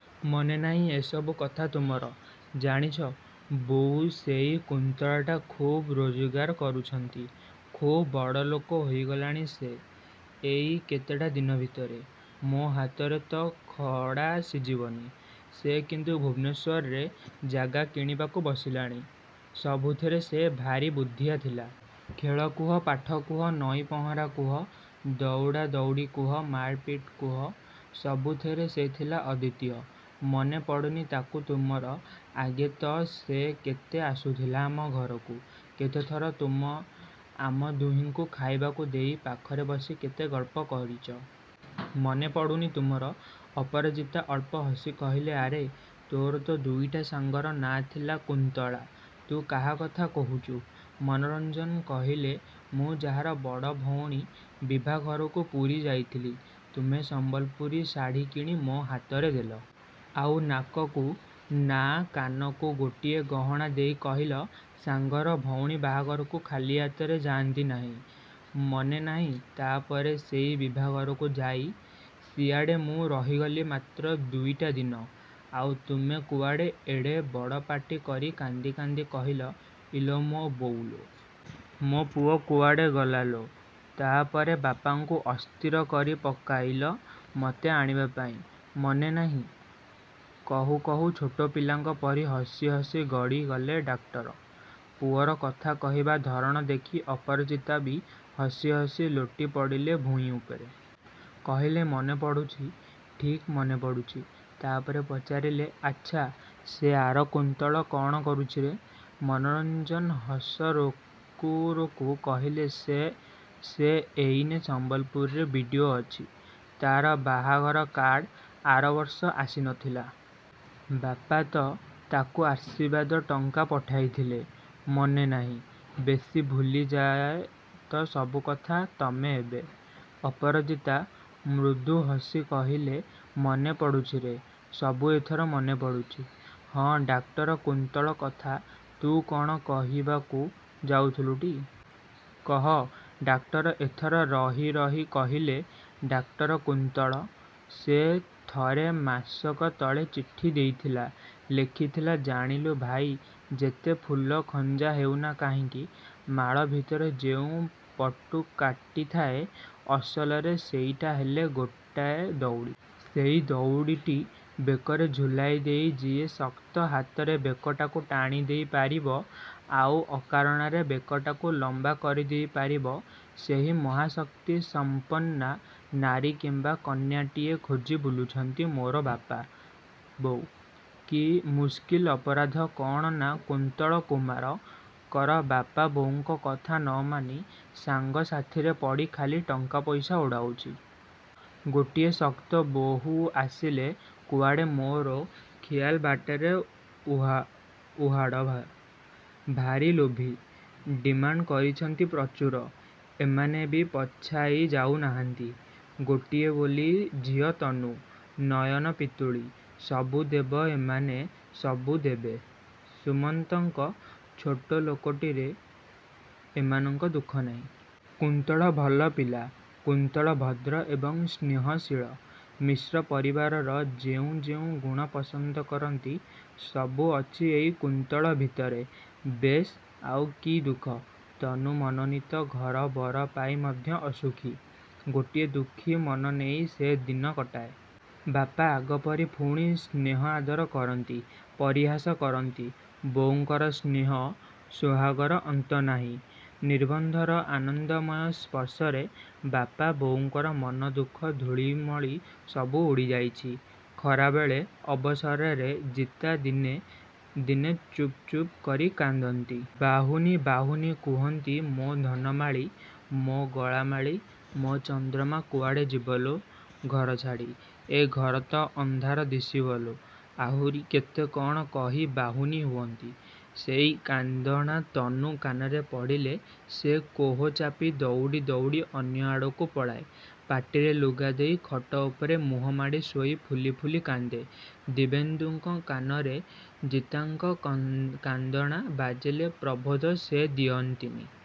ମନେ ନାହିଁ ଏ ସବୁ କଥା ତୁମର? ଜାଣିଛ ବୋଉ ସେଇ କୁନ୍ତଳାଟା ଖୁବ୍ ରୋଜଗାର କରୁଛି। ଖୁବ୍ ବଡ଼ଲୋକ ହୋଇଗଲାଣି ସେ ଏଇ କେଇଟା ଦିନ ଭିତରେ। ମୋ ହାତରେ ତ ଖଡ଼ା ସିଝିବନି। ସେ କିନ୍ତୁ ଭୁବନେଶ୍ୱରରେ ଜାଗା କିଣିବାକୁ ବସିଲାଣି। ସବୁଥିରେ ସେ ଭାରି ବୁଦ୍ଧିଆ ଥିଲା। ଖେଳ କୁହ, ପାଠ କୁହ, ନଈ ପହଁରା କୁହ, ଦଉଡ଼ାଦଉଡ଼ି କୁହ, ମାରପିଟ୍ କୁହ ସବୁଥିରେ ସେ ଥିଲା ଅଦ୍ୱିତୀୟ। ମନେ ପଡ଼ୁନି ତାକୁ ତୁମର। ଆଗେ ତ ସେ କେତେ ଆସୁଥିଲା ଆମ ଘରକୁ। କେତେଥର ତୁମେ ଆମ ଦୁହିଁଙ୍କୁ ଖାଇବାକୁ ଦେଇ ପାଖରେ ବସି କେତେ ଗଳ୍ପ କରିଛ। ମନେ ପଡ଼ୁନି ତୁମର? ଅପରାଜିତା ଅଳ୍ପ ହସି କହିଲେ ଆରେ, ତୋର ତ ଦୁଇଟା ସାଙ୍ଗର ନାଁ ଥିଲା କୁନ୍ତଳା। ତୁ କାହା କଥା କହୁଛୁ? ମନୋରଞ୍ଜନ କହିଲେ ମୁଁ ଯାହାର ବଡ଼ ଭଉଣୀ ବିଭାଘରକୁ ପୁରୀ ଯାଇଥିଲି। ତୁମେ ସମ୍ବଲପୁରୀ ଶାଢ଼ି କିଣି ମୋ ହାତରେ ଦେଲ। ଆଉ ନାକକୁ, ନା, କାନକୁ ଗୋଟିଏ ଗହଣା ଦେଇ କହିଲ ସାଙ୍ଗର ଭଉଣୀ ବାହାଘରକୁ ଖାଲି ହାତରେ ଯାଆନ୍ତି ନାହିଁ। ମନେ ନାହିଁ? ତା' ପରେ ସେଇ ବିଭାଘରକୁ ଯାଇ ସିଆଡ଼େ ମୁଁ ରହିଗଲି ମାତ୍ର ଦୁଇଟା ଦିନ। ଆଉ, ତୁମେ କୁଆଡ଼େ ଏଡ଼େ ବଡ଼ ପାଟି କରି କାନ୍ଦି କାନ୍ଦି କହିଲ ଇଲୋ ମୋ ବୋଉଲୋ। ମୋ ପୁଅ କୁଆଡ଼େ ଗଲାଲୋ। ତା' ପରେ ବାପାଙ୍କୁ ଅସ୍ଥିର କରି ପକାଇଲ ମତେ ଆଣିବା ପାଇଁ, ମନେ ନାହିଁ? କହୁ କହୁ ଛୋଟ ପିଲାଙ୍କ ପରି ହସି ହସି ଗଡ଼ି ଗଲେ ଡାକ୍ତର। ପୁଅର କଥା କହିବା ଧରଣ ଦେଖି ଅପରାଜିତା ବି ହସି ହସି ଲୋଟି ପଡ଼ିଲେ ଭୂଇଁ ଉପରେ। କହିଲେ ମନେ ପଡ଼ୁଛି। ଠିକ୍ ମନେ ପଡ଼ୁଛି। ତା' ପରେ ପଚାରିଲେ ଆଚ୍ଛା, ସେ ଆର କୁନ୍ତଳ କ'ଣ କରୁଛିରେ? ମନୋରଞ୍ଜନ ହସ ରୋକୁ ରୋକୁ କହିଲେ ସେ, ସେ ଏଇନେ ସମ୍ବଲପୁରରେ ବି. ଡି. ଓ. ଅଛି। ତା'ର ବାହାଘର କାର୍ଡ଼ ଆରବର୍ଷ ଆସି ନଥିଲା? ବାପା ତ ତାକୁ ଆଶୀର୍ବାଦ ଟଙ୍କା ପଠାଇଥିଲେ। ମନେ ନାହିଁ? ବେଶୀ ଭୁଲି ଯାଅ ତ ସବୁ କଥା ତୁମେ ଏବେ । ଅପରାଜିତା ମୃଦୁ ହସି କହିଲେ ମନେ ପଡ଼ୁଛିରେ, ସବୁ ଏଥର ମନେ ପଡ଼ୁଛି। ହଁ, ଡାକ୍ତର କୁନ୍ତଳ କଥା ତୁ କ'ଣ କହିବାକୁ ଯାଉଥିଲୁଟି? କହ। ଡାକ୍ତର ଏଥର ରହି ରହି କହିଲେ ଡାକ୍ତର କୁନ୍ତଳ! ସେ ମତେ ଥରେ ମାସକ ତଳେ ଚିଠି ଦେଇଥିଲା ଲେଖିଥିଲା ଜାଣିଲୁ ଭାଇ ଯେତେ ଫୁଲ ଖଞ୍ଜା ହେଉନା କାହିଁକି ମାଳ ଭିତରେ ଯେଉଁ ପଟୁକାଟି ଥାଏ ଅସଲରେ ସେଇଟା ହେଲା ଗୋଟାଏ ଦଉଡ଼ି। ସେଇ ଦଉଡ଼ିଟି ବେକରେ ଝୁଲାଇ ଦେଇ ଯିଏ ଶକ୍ତ ହାତରେ ବେକଟାକୁ ଟାଣି ଦେଇ ପାରିବ, ଆଉ ଅକାରଣରେ ବେକଟାକୁ ଲମ୍ବା କରି ଦେଇ ପାରିବ, ସେଇ ମହାଶକ୍ତି ସମ୍ପନ୍ନା ନାରୀ କିମ୍ବା କନ୍ୟାଟିଏ ଖୋଜି ବୁଲିଛନ୍ତି ମୋର ବାପା, ବୋଉ। କି ମୁସ୍କିଲ! ଅପରାଧ କ'ଣ ନା କୁନ୍ତଳ କୁମାର କର ବାପା ବୋଉଙ୍କ କଥା ନ ମାନି ସାଙ୍ଗ ସାଥିରେ ପଡ଼ି ଖାଲି ଟଙ୍କା ପଇସା ଉଡ଼ାଉଛି। ଗୋଟିଏ ଶକ୍ତ ବୋହୂ ଆସିଲେ କୁଆଡ଼େ ମୋର ଖିଆଲ ବାଟରେ ଉହାଡ଼। ଭାରି ଲୋଭୀ। ଡିମାଣ୍ଡ କରିଛନ୍ତି ପ୍ରଚୁର। ଏମାନେ ବି ପଛାଇ ଯାଉ ନାହାନ୍ତି। ଗୋଟିଏ ବୋଲି ଝିଅ ତନୁ। ନୟନ ପିତୁଳି। ସବୁ ଦେବେ ଏମାନେ, ସବୁ ଦେବେ। ସୁମନ୍ତଙ୍କ ଛୋଟଲୋକଟିରେ ଏମାନଙ୍କର ଦୁଃଖ ନାହିଁ। କୁନ୍ତଳ ଭଲ ପିଲା। କୁନ୍ତଳ ଭଦ୍ର ଏବଂ ସ୍ନେହଶୀଳ। ମିଶ୍ର ପରିବାର ଯେଉଁ ଯେଉଁ ଗୁଣ ପସନ୍ଦ କରନ୍ତି, ସବୁ ଅଛି ଏଇ କୁନ୍ତଳ ଭିତରେ। ବେଶ୍, ଆଉ କି ଦୁଃଖ। ତନୁ ମନୋନୀତ ଘର ବର ପାଇ ମଧ୍ୟ ଅସୁଖୀ। ଗୋଟିଏ ଦୁଃଖୀ ମନ ନେଇ ସେ ଦିନ କଟାଏ। ବାପା, ଆଗପରି ପୁଣି ସ୍ନେହ ଆଦର କରନ୍ତି, ପରିହାସ କରନ୍ତି। ବୋଉଙ୍କର ସ୍ନେହ ସୋହାଗର ଅନ୍ତ ନାହିଁ। ନିର୍ବନ୍ଧର ଆନନ୍ଦମୟ ସ୍ପର୍ଶରେ ବାପା, ବୋଉଙ୍କର ମନର ଦୁଃଖ ଧୂଳିମଳି ସବୁ ଉଡ଼ି ଯାଇଛି। ଖରାବେଳ ଅବସରରେ ଜିତା ଦିନେ, ଦିନେ ଚୁପ୍ ଚୁପ୍ କରି କାନ୍ଦନ୍ତି। ବାହୁନି ବାହୁନି କୁହନ୍ତି ମୋ ଧନମାଳି, ମୋ ଗଳାମାଳି, ମୋ ଚନ୍ଦ୍ରମା କୁଆଡ଼େ ଯିବ ଲୋ ଘର ଛାଡ଼ି। ଏ ଘର ତ ଅନ୍ଧାର ଦିଶିବ ଲୋ! ଆହୁରି କେତେ କ'ଣ କହି ବାହୁନି ହୁଅନ୍ତି। ସେଇ କାନ୍ଦଣା ତନୁ କାନରେ ପଡ଼ିଲେ ସେ କୋହ ଚାପି ଦଉଡ଼ି ଦଉଡ଼ି ଅନ୍ୟ ଆଡ଼କୁ ପଳାଏ, ପାଟିରେ ଲୁଗା ଦେଇ ଖଟ ଉପରେ ମୁହଁ ମାଡ଼ି ଶୋଇ ଫୁଲି ଫୁଲି କାନ୍ଦେ। ଦିବ୍ୟେନ୍ଦୁଙ୍କ କାନରେ ଜିତାଙ୍କ କାନ୍ଦଣା ବାଜିଲେ ପ୍ରବୋଧ ସେ ଦିଅନ୍ତିନି।